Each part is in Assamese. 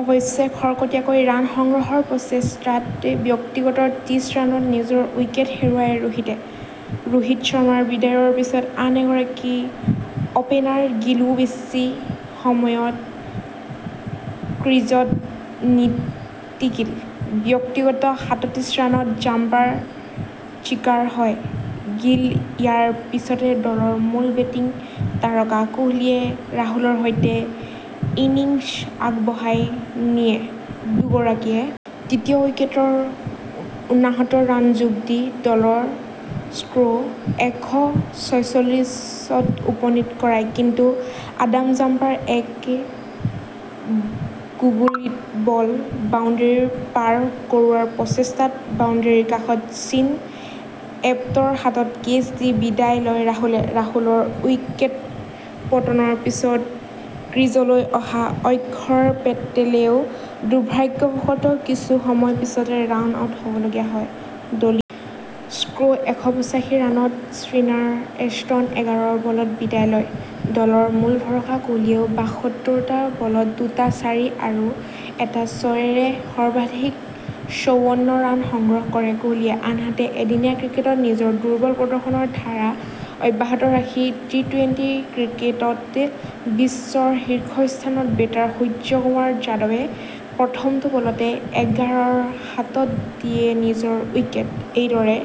অৱশ্যে খৰতকীয়াকৈ ৰান সংগ্ৰহৰ প্ৰচেষ্টাত ব্যক্তিগত ত্ৰিছ ৰানত নিজৰ উইকেট হেৰুৱায় ৰোহিতে। ৰোহিত শৰ্মাৰ বিদায়ৰ পিছত আনগৰাকী অপেনাৰ গিলো বেছি সময় ক্ৰীজত নিটিকিল। ব্যক্তিগত সাতত্ৰিছ ৰানত জাম্পাৰ চিকাৰ হয়। গিল ইয়াৰ পিছতে দলৰ মূল বেটিং তাৰকা কোহলিয়ে ৰাহুলৰ সৈতে ইনিংছ আগবঢ়াই নিয়ে। দুয়োগৰাকীয়ে তৃতীয় উইকেটত উনাসত্তৰ ৰান যোগ দি দলৰ স্ক এশ ছয়চল্লিছত উপনীত কৰায়। কিন্তু আডাম জাম্পাৰ এক গুগলীত বল বাউণ্ডেৰীৰ পাৰ কৰোৱাৰ প্ৰচেষ্টাত বাউণ্ডেৰীৰ কাষত চিন এবটৰ হাতত কেচ দি বিদায় লয় ৰাহুলে। ৰাহুলৰ উইকেট পতনৰ পিছত ক্ৰীজলৈ অহা অক্ষৰ পেটেলেও দুৰ্ভাগ্যৱশত কিছুসময় পিছতে ৰান আউট হবলগীয়া হয়। দলীয় স্ক এশ পচাশী ৰানত স্পিনাৰ এষ্টন এগাৰৰ বলত বিদায় লয় ।দলৰ মূল ভৰসা কোহলীয়েও বাসত্তৰটা বলত দুটা চাৰি আৰু এটা ছয়েৰে সৰ্বাধিক চৌৱন্ন ৰান সংগ্ৰহ কৰে কোহলীয়ে। আনহাতে এদিনীয়া ক্ৰিকেটত নিজৰ দুৰ্বল প্ৰদৰ্শনৰ ধাৰা অব্যাহত ৰাখি টি- টুৱেন্টি ক্ৰিকেটত বিশ্বৰ শীৰ্ষস্থানৰ বেটাৰ সূৰ্যকুমাৰ যাদৱে প্ৰথমটো বলতে এগাৰৰ হাতত দিয়ে নিজৰ উইকেট। এইদৰে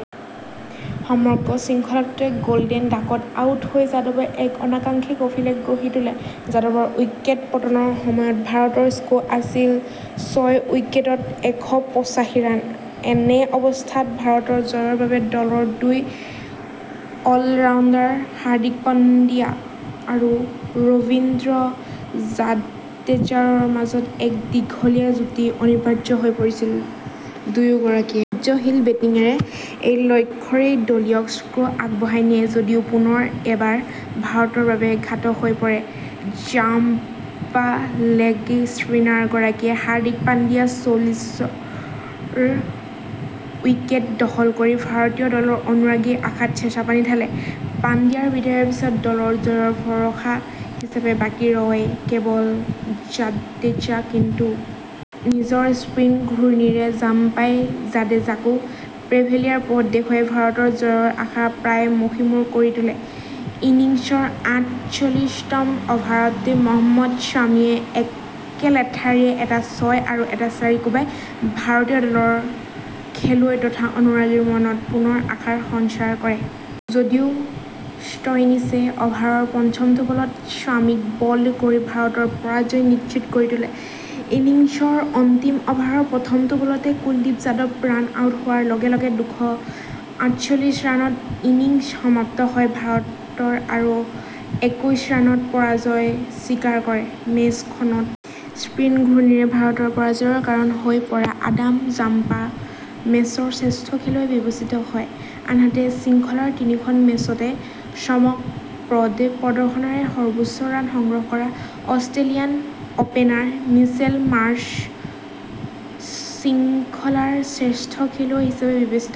সমগ্ৰ শৃংখলাটোতে গল্ডেন ডাকত আউট হৈ যাদৱে এক অনাকাংক্ষিত অভিলেখ গঢ়ি তোলে। যাদৱৰ উইকেট পতনৰ সময়ত ভাৰতৰ স্ক আছিল ছয় উইকেটত এশ পচাশী ৰান, এনে অৱস্থাত ভাৰতৰ জয়ৰ বাবে দলৰ দুই অলৰাউণ্ডাৰ হাৰ্দিক পাণ্ডিয়া আৰু ৰবীন্দ্ৰ জাদেজাৰ মাজত এক দীঘলীয়া যুটি অনিবাৰ্য হৈ পৰিছিল। দুয়োগৰাকীয়ে ধৈৰ্য্যশীল বেটিঙেৰে এই লক্ষ্যৰেই দলীয় স্ক আগবঢ়াই নিয়ে ।যদিও পুনৰ এবাৰ ভাৰতৰ বাবে ঘাতক হৈ পৰে। জাম্পালেগ স্পিনাৰ গৰাকীয়ে হাৰ্দিক পাণ্ডিয়া চল্লিছৰ উইকেট দখল কৰি ভাৰতীয় দলৰ অনুৰাগীৰ আশাত চেঁচাপানী ঢালে। পাণ্ডিয়াৰ বিদায়ৰ পিছত দলৰ জয়ৰ প্ৰধান ভৰসা হিচাপে বাকী ৰয় কেৱল জাদেজা। কিন্তু নিজৰ স্পীন ঘূৰ্ণীৰে জাম্পাই জাদেজাকো পেভিলিয়নৰ পথ দেখুৱাই ভাৰতৰ জয়ৰ আশা প্ৰায় মষিমূৰ কৰি তোলে। ইনিংছৰ আঠচল্লিশ তম অভাৰত মহম্মদ ছামিয়ে একে লেঠাৰিয়ে এটা ছয় আৰু এটা চাৰি কোবাই ভাৰতীয় দলৰ খেলুৱৈ তথা অনুৰাগীৰ মনত পুনৰ আশাৰ সঞ্চাৰ কৰে। যদিও ষ্টইনিছে অভাৰৰ পঞ্চমটো বলত ছামিক বল্ড কৰি ভাৰতৰ পৰাজয় নিশ্চিত কৰি তোলে। ইনিংছৰ অন্তিম অভাৰৰ প্ৰথমটো বলতে কুলদীপ যাদৱ ৰান আউট হোৱাৰ লগ লগে দুশ আঠচল্লিশ ৰানত ইনিংছ সমাপ্ত হয় ভাৰতৰ আৰু একৈছ ৰানত পৰাজয় স্বীকাৰ কৰে। মেচখনত স্পীন ঘূৰ্ণীৰে ভাৰতৰ পৰাজয়ৰ কাৰণ হৈ পৰা আডাম জাম্পা মেচৰ শ্ৰেষ্ঠ খেলুৱৈ বিবেচিত হয়। আনহাতে শৃংখলাৰ তিনিওখন মেচতে চমকপ্ৰদ প্ৰদৰ্শনেৰে সৰ্বোচ্চ ৰান সংগ্ৰহ কৰা অষ্ট্ৰেলিয়ান অপেনাৰ মিচেল মাৰ্শ্ব শৃংখলাৰ শ্ৰেষ্ঠ খেলুৱৈ হিচাপে বিবেচিত হয়।